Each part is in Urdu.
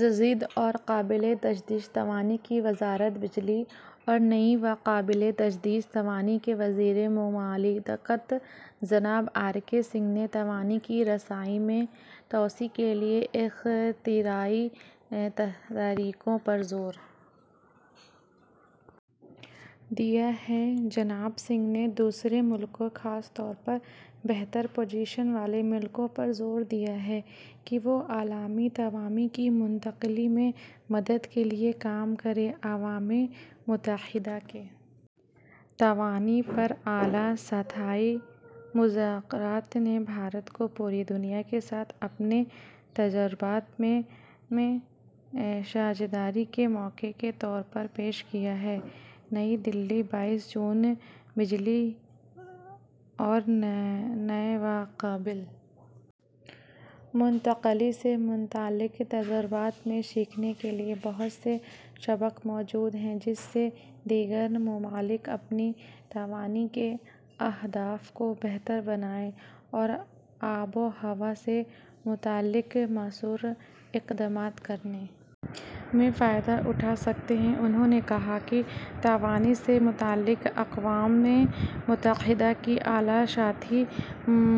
جدید اور قابل تجدید توانائی کی وزارت بجلی اور نئی و قابل تجدید توانائی کے وزیر مملکت جناب آر کے سنگھ نے توانائی کی رسائی میں توسیع کے لیے اختراعی طریقوں پر زور دیا ہے جناب سنگھ نے دوسرے ملکوں خاص طور پر بہتر پوزیشن والے ملکوں پر زور دیا ہے کہ وہ عالمی توانائی کی منتقلی میں مدد کے لیے کام کریں اقوام متحدہ کے توانائی پر اعلیٰ سطحی مذاکرات نے بھارت کو پوری دنیا کے ساتھ اپنے تجربات میں ساجھیداری کے موقع کے طور پر پیش کیا ہے نئی دہلی بائیس جون بجلی اور نئی و قابل منتقلی سے متعلق تجربات میں سیکھنے کے لیے بہت سے سبق موجود ہیں جن سے دیگر ممالک اپنی توانائی کے اہداف کو بہتر بنانے اور آب و ہوا سے متعلق موثر اقدامات کرنے میں فائدہ اٹھا سکتے ہیں انہوں نے کہا کہ توانائی سے متعلق اقوام متحدہ کے اعلیٰ سطحی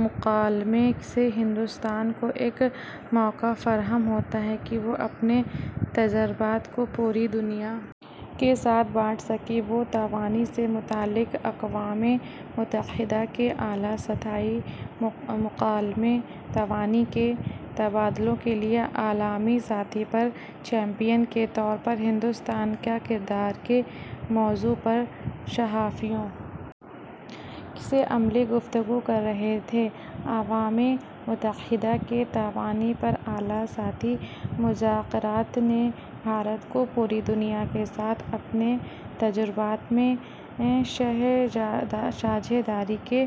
مکالمے سے ہندوستان کو ایک موقع فراہم ہوتا ہے کہ وہ اپنے تجربات کو پوری دنیا کے ساتھ بانٹ سکے وہ توانائی سے متعلق اقوام متحدہ کے اعلیٰ سطحی مکالمے توانائی کے تبادلوں کے لیے عالمی سطح پر چیمپئن کے طور پر ہندوستان کا کردار کے موضوع پر صحافیوں سے عملی گفتگو کر رہے تھے اقوام متحدہ کے توانائی پر اعلیٰ سطحی مذاکرات نے بھارت کو پوری دنیا کے ساتھ اپنے تجربات میں ساجھیداری کے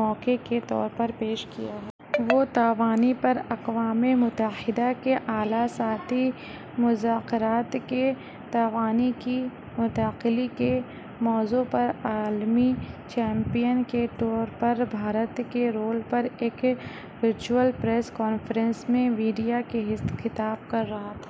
موقع کے طور پر پیش کیا ہے وہ توانائی پر اقوام متحدہ کے اعلیٰ سطحی مذاکرات کے توانائی کی منتقلی کے موضوع پر عالمی چیمپئن کے طور پر بھارت کے رول پر ایک ورچوئل پریس کانفرنس میں میڈیا سے خطاب کر رہے تھے